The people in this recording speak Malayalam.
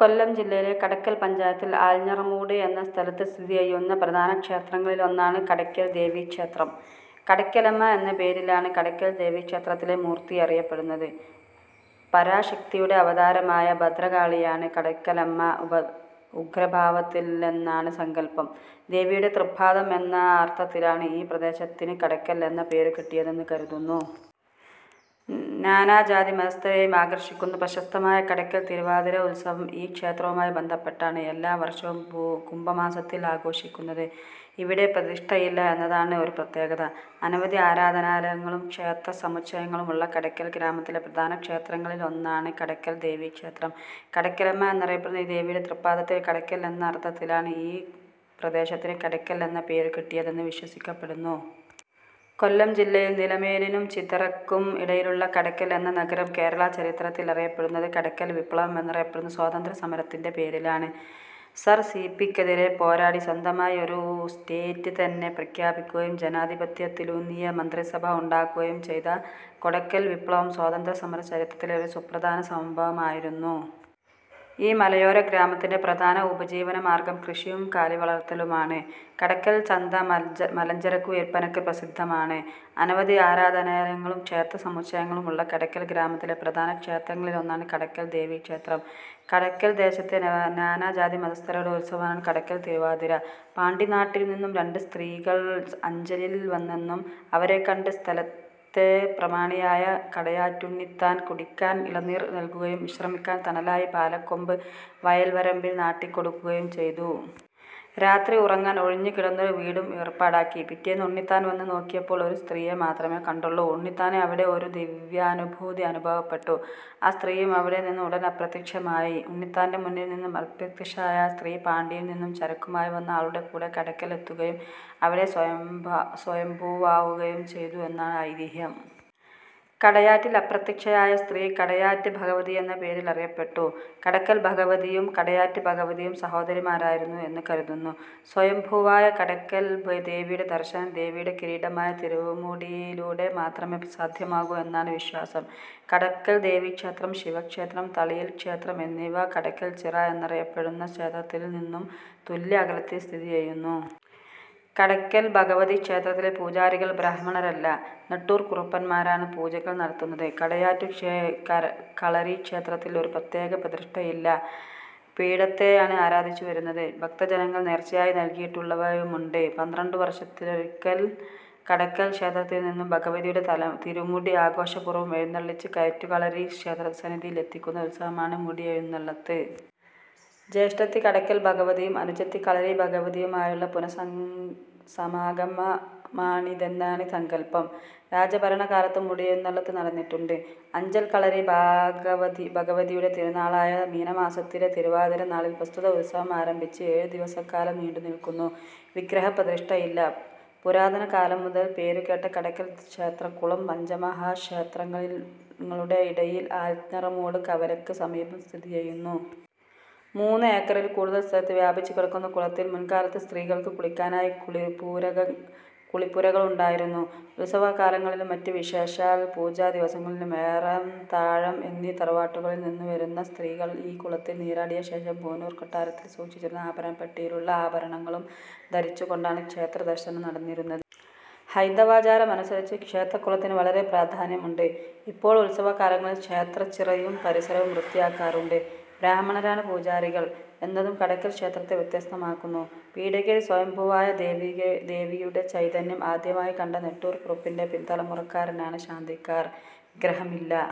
കൊല്ലം ജില്ലയിലെ കടക്കൽ പഞ്ചായത്തിൽ ആൽത്തറമൂട് എന്ന സ്ഥലത്തു സ്ഥിതിചെയ്യുന്ന പ്രധാന ക്ഷേത്രങ്ങളിലൊന്നാണ് കടയ്ക്കൽ ദേവി ക്ഷേത്രം. കടയ്ക്കലമ്മ എന്നപേരിലാണ് കടയ്ക്കൽ ദേവിക്ഷേത്രത്തിലെ മൂർത്തി അറിയപ്പെടുന്നത്. " പരാശക്തിയുടെ " അവതാരമായ " ഭദ്രകാളിയാണ് " കടയ്ക്കലമ്മ. ഉഗ്രഭാവത്തിലെന്നാണ് സങ്കൽപ്പം. ദേവിയുടെ തൃപ്പാദം എന്ന അർത്ഥത്തിലാണ് ഈ പ്രദേശത്തിന് കടയ്ക്കൽ എന്ന പേരു കിട്ടിയതെന്ന് കരുതുന്നു. നാനാജാതി മതസ്ഥരെയും ആകർഷിക്കുന്ന പ്രശസ്തമായ കടയ്ക്കൽ തിരുവാതിര ഉത്സവം ഈ ക്ഷേത്രവുമായി ബന്ധപ്പെട്ടാണ് എല്ലാ വർഷവും കുംഭമാസത്തിൽ ആഘോഷിക്കുന്നത്. ഇവിടെ പ്രതിഷ്ഠയില്ല എന്നതാണ് ഒരു പ്രത്യേകത. അനവധി ആരാധനാലയങ്ങളും ക്ഷേത്ര സമുച്ചയങ്ങളും ഉള്ള കടയ്ക്കൽ ഗ്രാമത്തിലെ പ്രധാന ക്ഷേത്രങ്ങളിൽ ഒന്നാണ് കടയ്ക്കൽ ദേവി ക്ഷേത്രം. കടയ്ക്കലമ്മ എന്നറിയപ്പെടുന്ന ഈ ദേവിയുടെ തൃപ്പാദത്തിൻ കടയ്ക്കൽ എന്ന അർത്ഥത്തിലാണ് ഈ പ്രദേശത്തിന് കടയ്ക്കൽ എന്ന പേരു കിട്ടിയതെന്ന് വിശ്വസിക്കപ്പെടുന്നു. കൊല്ലം ജില്ലയിൽ നിലമേലിനും ചിതറയ്ക്കും ഇടയിലുള്ള കടയ്ക്കൽ എന്ന നഗരം കേരള ചരിത്രത്തിൽ അറിയപ്പെടുന്നത് കടയ്ക്കൽ വിപ്ലവം എന്നറിയപ്പെടുന്ന സ്വാതന്ത്ര്യസമരത്തിന്റെ പേരിലാണ്. Sir C. പി ക്കെതിരെ പോരാടി സ്വന്തമായി ഒരു സ്റ്റേറ്റ് തന്നെ പ്രഖ്യാപിക്കുകയും ജനാധിപത്യത്തിലൂന്നിയ മന്ത്രിസഭ ഉണ്ടാക്കുകയും ചെയ്ത കടയ്ക്കൽ വിപ്ലവം സ്വാതന്ത്ര്യ സമര ചരിത്രത്തിലെ ഒരു സുപ്രധാന സംഭവമായിരുന്നു. ഈ മലയോരഗ്രാമത്തിന്റെ പ്രധാന ഉപജീവന മാർഗ്ഗം കൃഷിയും കാലിവളർത്തലുമാണ്. കടയ്ക്കൽ ചന്ത മലഞ്ചരക്കു വിൽപ്പനയ്ക്ക് പ്രസിദ്ധമാണ്. അനവധി ആരാധനാലയങ്ങളും ക്ഷേത്ര സമുച്ചയങ്ങളും ഉള്ള കടയ്ക്കൽ ഗ്രാമത്തിലെ പ്രധാനക്ഷേത്രങ്ങളിൽ ഒന്നാണ് കടയ്ക്കൽ ദേവി ക്ഷേത്രം. കടയ്ക്കൽ ദേശത്തെ നാനാജാതി മതസ്ഥരുടെ ഉത്സവമാണ് കടയ്ക്കൽ തിരുവാതിര. പാണ്ടി നാട്ടിൽ നിന്നും രണ്ട് സ്ത്രീകൾ അഞ്ചലിൽ വന്നെന്നും അവരെ കണ്ട് സ്ഥലത്തെ പ്രമാണിയായ കടയാറ്റുണ്ണിത്താൻ കുടിയ്ക്കാൻ ഇളനീർ നൽകുകയും വിശ്രമിക്കാൻ തണലിനായി പാലകൊമ്പ് വയൽ വരമ്പിൽ നാട്ടി കൊടുക്കുകയും ചെയ്തു. രാത്രി ഉറങ്ങാൻ ഒഴിഞ്ഞ് കിടന്നൊരു വീടും ഏർപ്പാടാക്കി. പിറ്റേന്ന് ഉണ്ണിത്താൻ വന്ന് ന്നോക്കിയപ്പോൾ ഒരു സ്ത്രീയെ മാത്രമെ കണ്ടുള്ളൂ. ഉണ്ണിത്താന് അവിടെ ഒരു ദിവ്യാനുഭൂതി അനുഭവപ്പെട്ടു. ആ സ്ത്രീയും അവിടെ നിന്ന് ഉടൻ അപ്രത്യക്ഷമായി. ഉണ്ണിത്താന്റെ മൂന്നിൽ നിന്നും അപ്രത്യക്ഷയായ സ്ത്രീ പാണ്ടിയിൽ നിന്നും ചരക്കുമായി വന്ന ആളുടെ കൂടെ കടയ്ക്കൽ എത്തുകയും അവിടേ സ്വയംഭൂവാവുകയും ചെയ്തു എന്നാണ് ഐതിഹ്യം. കടയാറ്റിൽ അപ്രത്യക്ഷയായ സ്ത്രീ കടയാറ്റ് ഭഗവതി എന്ന പേരിൽ അറിയപ്പെട്ടു. കടയ്ക്കൽ ഭഗവതിയും കടയാറ്റ് ഭഗവതിയും സഹോദരീമാരായിരുന്നു എന്ന് കരുതുന്നു. സ്വയംഭൂവായ കടയ്ക്കൽ ദേവിയുടെ ദർശനം ദേവിയുടെ കിരീടമായ തിരുമുടിയിലൂടെ മാത്രമേ സാദ്ധ്യമാകൂ എന്നാണ് വിശ്വാസം. കടയ്ക്കൽ ദേവിക്ഷേത്രം, ശിവക്ഷേത്രം, തളിയിൽ ക്ഷേത്രം എന്നിവ കടയ്ക്കൽ ചിറ എന്നറിയപ്പെടുന്ന ക്ഷേത്രകുളത്തിൽ നിന്നും തുല്യ അകലത്തിൽ സ്ഥിതി ചെയ്യുന്നു. കടയ്ക്കൽ ഭഗവതി ക്ഷേത്തിലെ പൂജാരികൾ ബ്രാഹ്മണരല്ല. നെട്ടൂർ കുറുപ്പന്മാരാണ് പൂജകൾ നടത്തുന്നത്. കടയാറ്റു കളരീക്ഷേത്രത്തിൽ ഒരു പ്രത്യേക പ്രതിഷ്ഠയില്ല. പീഠത്തെയാണ് ആരാദിച്ചു വരുന്നത്. ഭക്തജനങ്ങൾ നേർച്ചയായി നൽകിയിട്ടുള്ളവയുമുണ്ട്. പന്ത്രണ്ടു വർത്തിലൊരിക്കൽ കടയ്ക്കൽ ക്ഷേത്രത്തിൽ നിന്നും ഭഗവതിയുടെ തിരുമുടി ആഘോഷപൂർവ്വം എഴുന്നള്ളിച്ച് കടയുറ്റു കളരി ക്ഷേത്രസന്നിധിയിൽ എത്തിക്കുന്ന ഉത്സവമാണ് ' മുടിയെഴുന്നള്ളത്ത് '. ജ്യേഷ്ഠത്തി കടയ്ക്കൽ ഭഗവതിയും അനുജത്തി കളരി ഭഗവതിയുമായുള്ള പുനഃസമാഗമമാണിതെന്നാണ് സങ്കല്പം. രാജഭരണകാലത്തും മുടിയെഴുന്നള്ളത്ത് നടന്നിട്ടുണ്ട്. അഞ്ചൽ കളരി ഭഗവതിയുടെ തിരുനാളായ മീനമാസത്തിലെ തിരുവാതിര നാളിൽ പ്രസ്തുത ഉത്സവം ആരംഭിച്ച് ഏഴുദിവസക്കാലം നീണ്ടുനില്ക്കുന്നു. വിഗ്രഹ പ്രതിഷ്ഠയില്ല. പുരാതന കാലം മുതൽ പേരുകേട്ട കടക്കൽ ക്ഷേത്രക്കുളം പഞ്ചമഹാക്ഷേത്രങ്ങളുടെയിടയിൽ ആൽത്തറമൂട് കവലയ്ക്ക് സമീപം സ്ഥിതിചെയ്യുന്നു. മൂന്ന് ഏക്കറിൽ കൂടുതൽ സ്ഥലത്ത് വ്യാപിച്ച് കിടക്കുന്ന കുളത്തിൽ മുൻകാലത്ത് സ്ത്രീകൾക്ക് കുളിക്കാനായി കുളിപുരകൾ ഉണ്ടായിരുന്നു. ഉത്സവകാലങ്ങളിലും, മറ്റ് വിശോഷാൽ പൂജാ ദിവസങ്ങളിലും ഏറം, താഴം എന്നീ തറവാട്ടുകളിൽ നിന്നുംവരുന്ന സിത്രീകൾ ഈ കുളത്തിൽ നീരാടിയ ശേഷം പനവൂർ കൊട്ടാരത്തിൽ സൂക്ഷിച്ചിരുന്ന ആഭരണപ്പെട്ടിയിലുള്ള ആഭരണങ്ങളും ധരിച്ചു കൊണ്ടാണ് ക്ഷേത്ര ദർശനം നടന്നിരുന്നത്. ഹൈന്ദവാചാരം അനുസരിച്ച് ക്ഷേത്രക്കുളത്തിന് വളരെ പ്രാധാന്യമുണ്ട്. ഇപ്പോൾ ഉത്സവകാലങ്ങളിൽ ക്ഷേത്രച്ചിറയും പരിസരവും വൃത്തിയാക്കാറുണ്ട്. അബ്രഹ്മണരാണ് പൂജാരികൾ എന്നതും കടയ്ക്കൽ ക്ഷേത്രത്തെ വ്യതസ്തമാക്കുന്നു. പീടികയിൽ സ്വയം ഭൂവായ ദേവിയുടെ ചൈതന്യം ആദ്യമായി കണ്ട നെട്ടൂർ കുറുപ്പിന്റെ പിൻതലമുറക്കാരാണ് ശാന്തിക്കാർ. വിഗ്രഹമില്ല.